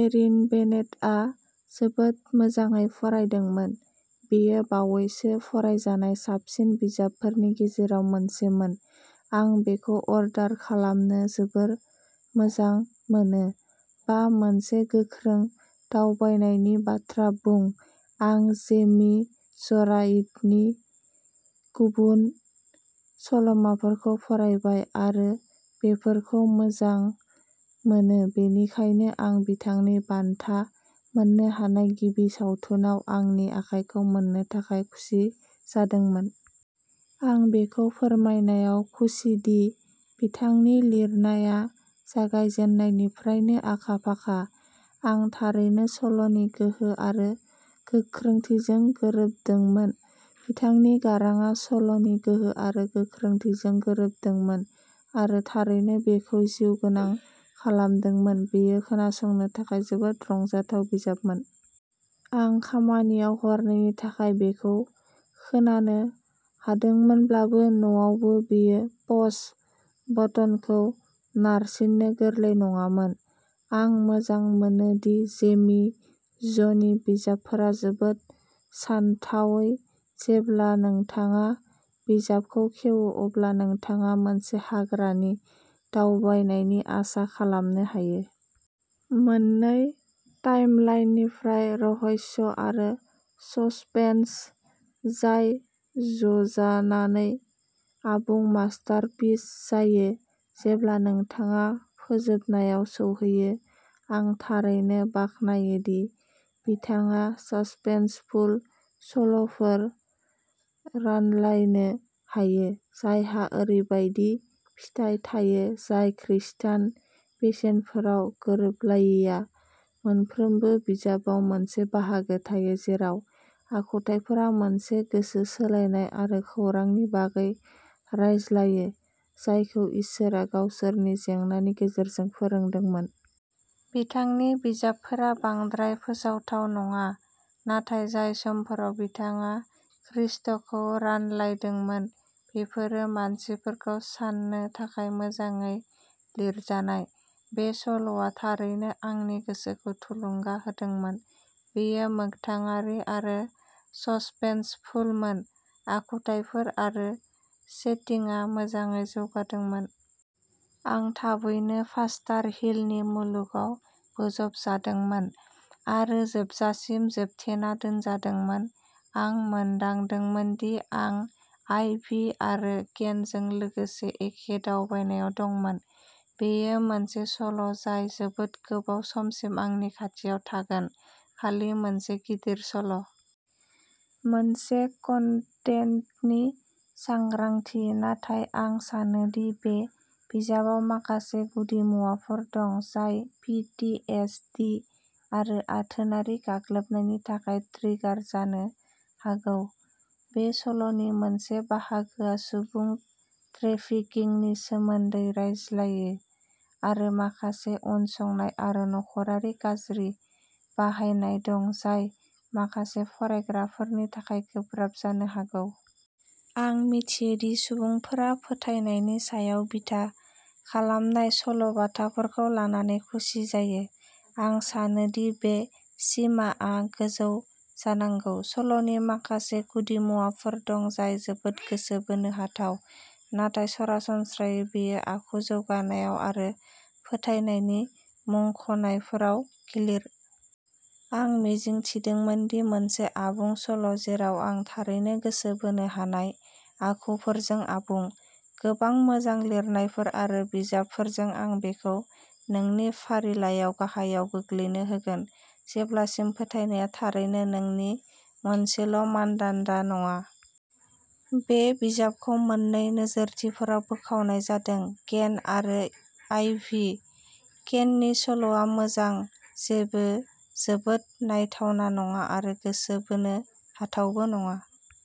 Erin बेनेटआ जोबोद मोजाङै फरायदोंमोन। बेयो बावैसो फरायजानाय साबसिन बिजाबफोरनि गेजेराव मोनसेमोन। आं बेखौ अर्डार खालामनो जोबोर मोजां मोनो। बा, मोनसे गोख्रों दावबायनायनि बाथ्रा बुं आं जेमी जराइटनि गुबुन सल'माफोरखौ फरायबाय आरो बेफोरखौ मोजां मोनो, बेनिखायनो आं बिथांनि बान्था मोन्नो हानाय गिबि सावथुनआव आंनि आखायखौ मोन्नो थाखाय खुसि जादोंमोन। आं बेखौ फोरमायनायाव खुसिदि बिथांनि लिरनाया जागायजेन्नायनिफ्रायनो आखा-फाखा। आं थारैनो सल'नि गोहो आरो गोख्रोंथिजों गोरोबदोंमोन। बिथांनि गारांआ सल'नि गोहो आरो गोख्रोंथिजों गोरोबदोंमोन आरो थारैनो बेखौ जिउगोनां खालामदोंमोन। बेयो खोनासंनो थाखाय जोबोद रंजाथाव बिजाबमोन। आं खामानियाव हरनैनि थाखाय बेखौ खोनानो हादोंमोनब्लाबो, न'आवबो बेयो प'ज बटनखौ नारसिननो गोरलै नङामोन। आं मोजां मोनो दि जेमी ज'नि बिजाबफोरा जोबोद सानथावै। जेब्ला नोंथाङा बिजाबखौ खेवो, अब्ला नोंथाङा मोनसे हाग्रानि दावबायनायनि आसा खालामनो हायो। मोननै टाइमलाइननिफ्राय रहस्य आरो ससपेन्स जाय जजानानै आबुं मास्टारपिस जायो जेब्ला नोंथाङा फोजोबनायाव सौहैयो। आं थारैनो बाख्नायो दि बिथाङा ससपेन्सफुल सल'फोर रानलायनो हायो जायहा ओरैबायदि फिथाइ थायो जाय खृस्टान बेसेनफोराव गोरोबलायैया। मोनफ्रोमबो बिजाबाव मोनसे बाहागो थायो जेराव आखुथाइफोरा मोनसे गोसो सोलायनाय आरो खौरांनि बागै रायज्लायो जायखौ इसोरआ गावसोरनि जेंनानि गेजेरजों फोरोंदोंमोन। बिथांनि बिजाबफोरा बांद्राय फोसावथाव नङा नाथाय जाय समफोराव बिथाङा खृस्टखौ रानलायदोंमोन बेफोरो मानसिफोरखौ साननो थाखाय मोजाङै लिरजानाय। बे सल'आ थारैनो आंनि गोसोखौ थुलुंगा होदोंमोन। बेयो मोगथाङारि आरो ससपेन्सफुलमोन। आखुथाइफोर आरो सेटिंआ मोजाङै जौगादोंमोन। आं थाबैनो फस्टार हिलनि मुलुगाव बोजबजादोंमोन आरो जोबजासिम जोबथेना दोनजादोंमोन। आं मोनदांदोंमोन दि आं आइभी आरो केनजों लोगोसे एखे दावबायनायाव दंमोन। बेयो मोनसे सल' जाय जोबोद गोबाव समसिम आंनि खाथियाव थागोन। खालि मोनसे गिदिर सल'। मोनसे कन्टेन्टनि सांग्रांथि, नाथाय आं सानो दि बे बिजाबाव माखासे गुदि मुवाफोर दं जाय पि ति एस दि आरो आथोनारि गाग्लोबनायनि थाखाय ट्रिगार जानो हागौ। बे सल'नि मोनसे बाहागोआ सुबुं त्रेफिकिंनि सोमोन्दै रायज्लायो आरो माखासे उनसंनाय आरो नख'रारि गाज्रि बाहायनाय दं जाय माखासे फरायग्राफोरनि थाखाय गोब्राब जानो हागौ। आं मिथियो दि सुबुंफोरा फोथायनायनि सायाव बिथा खालामनाय सल'बाथाफोरखौ लानानै खुसि जायो। आं सानो दि बे सिमाआ गोजौ जानांगौ। सल'नि माखासे गुदिमुवाफोर दं जाय जोबोद गोसो बोनो हाथाव नाथाय सरासनस्रायै बेयो आखु जौगानायाव आरो फोथायनायनि मुंख'नायफोराव गिलिर। आं मिजिंथिदोंमोन दि मोनसे आबुं सल' जेराव आं थारैनो गोसो बोनो हानाय आखुफोरजों आबुं। गोबां मोजां लिरनायफोर आरो बिजाबफोरजों, आं बेखौ नोंनि फारिलाइआव गाहायाव गोग्लैनो होगोन, जेब्लासिम फोथायनाया थारैनो नोंनि मोनसेल' मानदान्दा नङा। बे बिजाबखौ मोन्नै नोजोरथिफोराव बोखावनाय जादों केन आरो आइभि। केननि सल'आ मोजां जेबो जोबोद नायथावना नङा आरो गोसो बोनो हाथावबो नङा।